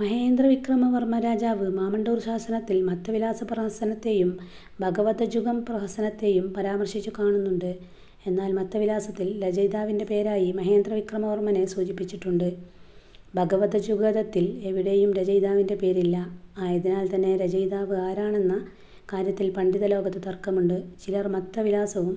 മഹേന്ദ്രവിക്രമ വർമ്മ രാജാവ് മാമണ്ടൂർ ശാസനത്തിൽ മത്തവിലാസ പ്രഹസനത്തേയും ഭഗവദജ്ജുകം പ്രഹസനത്തേയും പരാമർശിച്ചു കാണുന്നുണ്ട്. എന്നാൽ മത്തവിലാസത്തിൽ രചയിതാവിൻ്റെ പേരായി മഹേന്ദ്രവിക്രമ വർമ്മനെ സൂചിപ്പിച്ചിട്ടുണ്ട്. ഭഗവദജ്ജുകദത്തിൽ എവിടെയും രചയിതാവിൻ്റെ പേരില്ല. ആയതിനാൽ തന്നെ രചയിതാവ് ആരാണെന്ന കാര്യത്തിൽ പണ്ഡിതലോകത്ത് തർക്കമുണ്ട്. ചിലർ മത്തവിലാസവും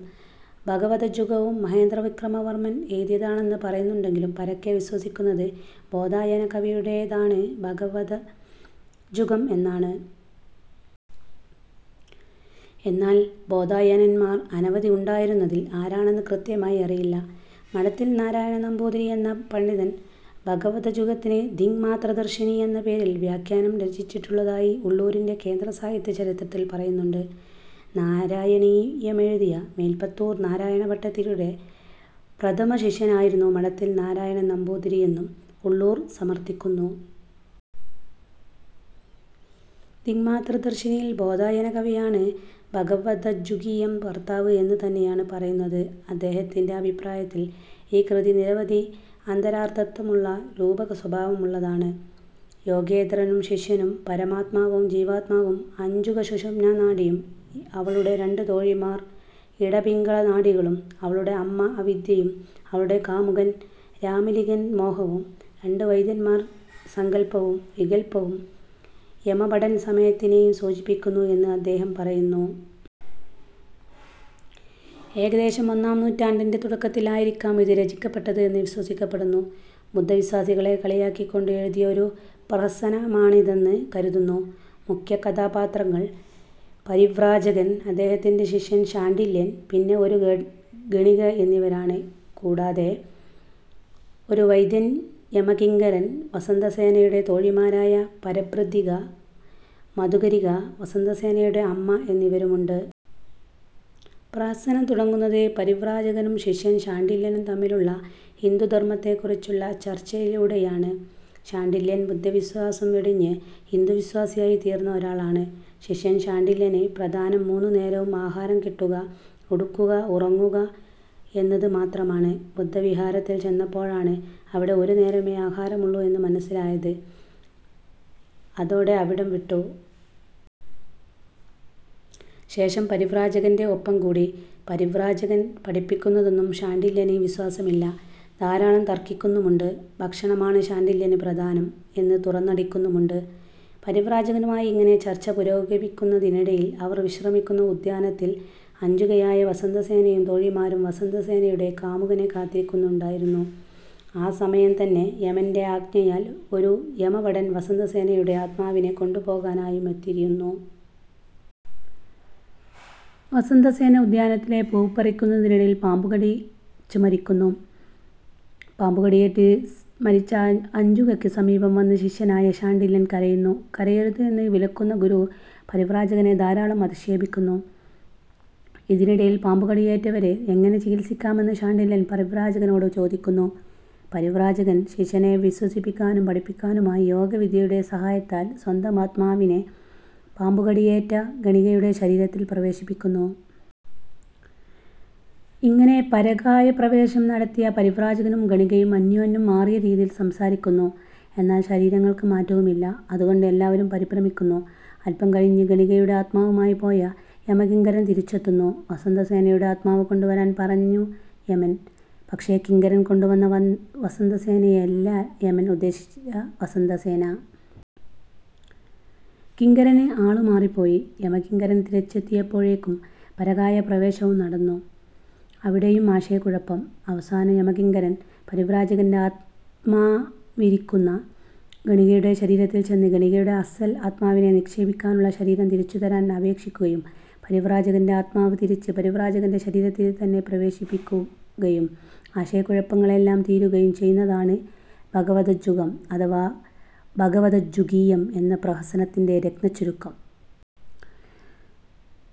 ഭഗവദജ്ജുകവും മഹേന്ദ്രവിക്രമ വർമ്മൻ എഴുതിയതാണെന്ന് പറയുന്നുണ്ടെങ്കിലും പരക്കെ വിശ്വസിക്കുന്നത് ബോധായന കവിയുടേതാണ് ഭഗവദജ്ജുകം എന്നാണ്. എന്നാൽ ബോധായനന്മാർ അനവധി ഉണ്ടായിരുന്നതിൽ ആരാണെന്ന് കൃത്യമായി അറിയില്ല. മഠത്തിൽ നാരായണൻ നമ്പൂതിരി എന്ന പണ്ഡിതൻ ഭഗവദജ്ജുകത്തിന് ദിങ്മാത്രദർശിനി എന്ന പേരിൽ വ്യാഖ്യാനം രചിച്ചിട്ടുള്ളതായി ഉള്ളൂരിൻ്റെ കേന്ദ്ര സാഹിത്യ ചരിത്രത്തിൽ പറയുന്നുണ്ട്. നാരായണീയമെഴുതിയ മേൽപ്പത്തൂർ നാരായണ ഭട്ടതിരിയുടെ പ്രഥമ ശിഷ്യനായിരുന്നു മഠത്തിൽ നാരായണൻ നമ്പൂതിരി എന്നും ഉള്ളൂർ സമർത്ഥിക്കുന്നു. ദിങ്മാത്രദർശിനിയിൽ ബോധായന കവിയാണ് ഭഗവദജ്ജുകീയം ഭർത്താവ് എന്ന് തന്നെയാണ് പറയുന്നത്. അദ്ദേഹത്തിൻ്റെ അഭിപ്രായത്തിൽ ഈ കൃതി നിരവധി അന്തരാർത്ഥത്തമുള്ള രൂപക സ്വഭാവം ഉള്ളതാണ്. യോഗേന്ദ്രനും ശിഷ്യനും പരമാത്മാവും ജീവാത്മാവും, അഞ്ജുക സുഷുമ്നാ നാഡിയും അവളുടെ രണ്ട് തോഴിമാർ ഇട, പിംഗള നാഡികളും, അവളുടെ അമ്മ അവിദ്യയും, അവളുടെ കാമുകൻ രാമിലികൻ മോഹവും, രണ്ട് വൈദ്യന്മാർ സങ്കൽപ്പവും വികൽപ്പവും, യമഭടൻ സമയത്തിനേയും സൂചിപ്പിക്കുന്നു എന്ന് അദ്ദേഹം പറയുന്നു. ഏകദേശം ഒന്നാം നൂറ്റാണ്ടിൻ്റെ തുടക്കത്തിൽ ആയിരിക്കാം ഇത് രചിക്കപ്പെട്ടത് എന്ന് വിശ്വസിക്കപ്പെടുന്നു. ബുദ്ധ വിശ്വാസികളെ കളിയാക്കിക്കൊണ്ട് എഴുതിയ ഒരു പ്രഹസനമാണിതെന്ന് കരുതുന്നു. മുഖ്യ കഥാപാത്രങ്ങൾ പരിവ്രാജകൻ, അദ്ദേഹത്തിൻ്റെ ശിഷ്യൻ ശാണ്ഡില്യൻ, പിന്നെ ഒരു ഗ ഗണിക എന്നിവരാണ്. കൂടാതെ ഒരു വൈദ്യൻ, യമകിങ്കരൻ, വസന്തസേനയുടെ തോഴിമാരായ പരഭൃതിക, മധുകരിക, വസന്തസേനയുടെ അമ്മ എന്നിവരും ഉണ്ട്. പ്രഹസനം തുടങ്ങുന്നത് പരിവ്രാജകനും ശിഷ്യൻ ശാണ്ഡില്യനും തമ്മിലുള്ള ഹിന്ദുധർമ്മത്തെ കുറിച്ചുള്ള ചർച്ചയിലൂടെയാണ്. ശാണ്ഡില്യൻ ബുദ്ധവിശ്വാസം വെടിഞ്ഞ് ഹിന്ദുവിശ്വാസിയായി തീർന്ന ഒരാളാണ്. ശിഷ്യൻ ശാണ്ഡില്യന് പ്രധാനം മൂന്നുനേരവും ആഹാരം കിട്ടുക, ഉടുക്കുക, ഉറങ്ങുക എന്നത് മാത്രമാണ്. ബുദ്ധവിഹാരത്തിൽ ചെന്നപ്പോഴാണ് അവിടെ ഒരുനേരമേ ആഹാരമുള്ളൂ എന്ന് മനസ്സിലായത്. അതോടെ അവിടം വിട്ടു. ശേഷം പരിവ്രാജകൻ്റെ ഒപ്പം കൂടി. പരിവ്രാജകൻ പഠിപ്പിക്കുന്നതൊന്നും ശാണ്ഡില്യന് വിശ്വാസമില്ല. ധാരാളം തർക്കിക്കുന്നുമുണ്ട്. ഭക്ഷണമാണ് ശാണ്ഡില്യന് പ്രധാനം എന്ന് തുറന്നടിക്കുന്നുമുണ്ട്. പരിവ്രാജകനുമായി ഇങ്ങനെ ചർച്ച പുരോഗമിക്കുന്നതിനിടയിൽ അവർ വിശ്രമിക്കുന്ന ഉദ്യാനത്തിൽ അഞ്ജുകയായ വസന്തസേനയും തോഴിമാരും വസന്തസേനയുടെ കാമുകനെ കാത്തിരിക്കുന്നുണ്ടായിരുന്നു. ആ സമയം തന്നെ യമൻ്റെ ആജ്ഞയാൽ ഒരു യമഭടൻ വസന്തസേനയുടെ ആത്മാവിനെ കൊണ്ടുപോകാനായും എത്തിയിരുന്നു. വസന്തസേന ഉദ്യാനത്തിലെ പൂ പറിക്കുന്നതിനിടയിൽ പാമ്പുകടിച്ച് മരിക്കുന്നു. പാമ്പുകടിയേറ്റ് മരിച്ച അഞ്ജുകയ്ക്ക് സമീപം വന്ന് ശിഷ്യനായ ശാണ്ഡില്യൻ കരയുന്നു. കരയരുത് എന്ന് വിലക്കുന്ന ഗുരു പരിവ്രാജകനെ ധാരാളം അധിക്ഷേപിക്കുന്നു. ഇതിനിടയിൽ പാമ്പുകടിയേറ്റവരെ എങ്ങനെ ചികിത്സിക്കാമെന്ന് ശാണ്ഡില്യൻ പരിവ്രാജകനോട് ചോദിക്കുന്നു. പരിവ്രാജകൻ ശിഷ്യനെ വിശ്വസിപ്പിക്കാനും പഠിപ്പിക്കാനുമായി യോഗവിദ്യയുടെ സഹായത്താൽ സ്വന്തം ആത്മാവിനെ പാമ്പുകടിയേറ്റ ഗണികയുടെ ശരീരത്തിൽ പ്രവേശിപ്പിക്കുന്നു. ഇങ്ങനെ പരകായപ്രവേശം നടത്തിയ പരിവ്രാജകനും ഗണികയും അന്യോന്യം മാറിയ രീതിയിൽ സംസാരിക്കുന്നു. എന്നാൽ ശരീരങ്ങൾക്ക് മാറ്റവുമില്ല. അതുകണ്ട് എല്ലാവരും പരിഭ്രമിക്കുന്നു. അല്പം കഴിഞ്ഞ് ഗണികയുടെ ആത്മാവുമായി പോയ യമകിങ്കരൻ തിരിച്ചെത്തുന്നു. വസന്തസേനയുടെ ആത്മാവ് കൊണ്ടുവരാൻ പറഞ്ഞു യമൻ, പക്ഷേ കിങ്കരൻ കൊണ്ടുവന്ന വൻ വസന്തസേനയല്ല യമൻ ഉദ്ദേശിച്ച വസന്തസേന. കിങ്കരന് ആളുമാറിപ്പോയി. യമകിങ്കരൻ തിരിച്ചെത്തിയപ്പോഴേക്കും പരകായപ്രവേശവും നടന്നു. അവിടെയും ആശയക്കുഴപ്പം. അവസാനം യമകിങ്കരൻ പരിവ്രാജകൻ്റെ ആത്മാവിരിക്കുന്ന ഗണികയുടെ ശരീരത്തിൽ ചെന്ന് ഗണികയുടെ അസ്സൽ ആത്മാവിനെ നിക്ഷേപിക്കാനുള്ള ശരീരം തിരിച്ചു തരാൻ അപേക്ഷിക്കുകയും പരിവ്രാജകൻ്റെ ആത്മാവ് തിരിച്ച് പരിവ്രാജകൻ്റെ ശരീരത്തിലേക്ക് തന്നെ പ്രവേശിപ്പിക്കുകയും ആശയക്കുഴപ്പങ്ങൾ എല്ലാം തീരുകയും ചെയ്യുന്നതാണ് ഭഗവദജ്ജുകം അഥവാ ഭഗവദജ്ജുകീയം എന്ന പ്രഹസനത്തിൻ്റെ രത്നച്ചുരുക്കം.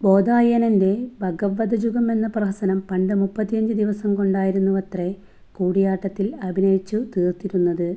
ബോധായനൻ്റെ ഭഗവദജ്ജുകം എന്ന പ്രഹസനം പണ്ട് മുപ്പത്തിയഞ്ച് ദിവസം കൊണ്ടായിരുന്നുവത്രെ കൂടിയാട്ടത്തിൽ അഭിനയിച്ചു തീർത്തിരുന്നത്.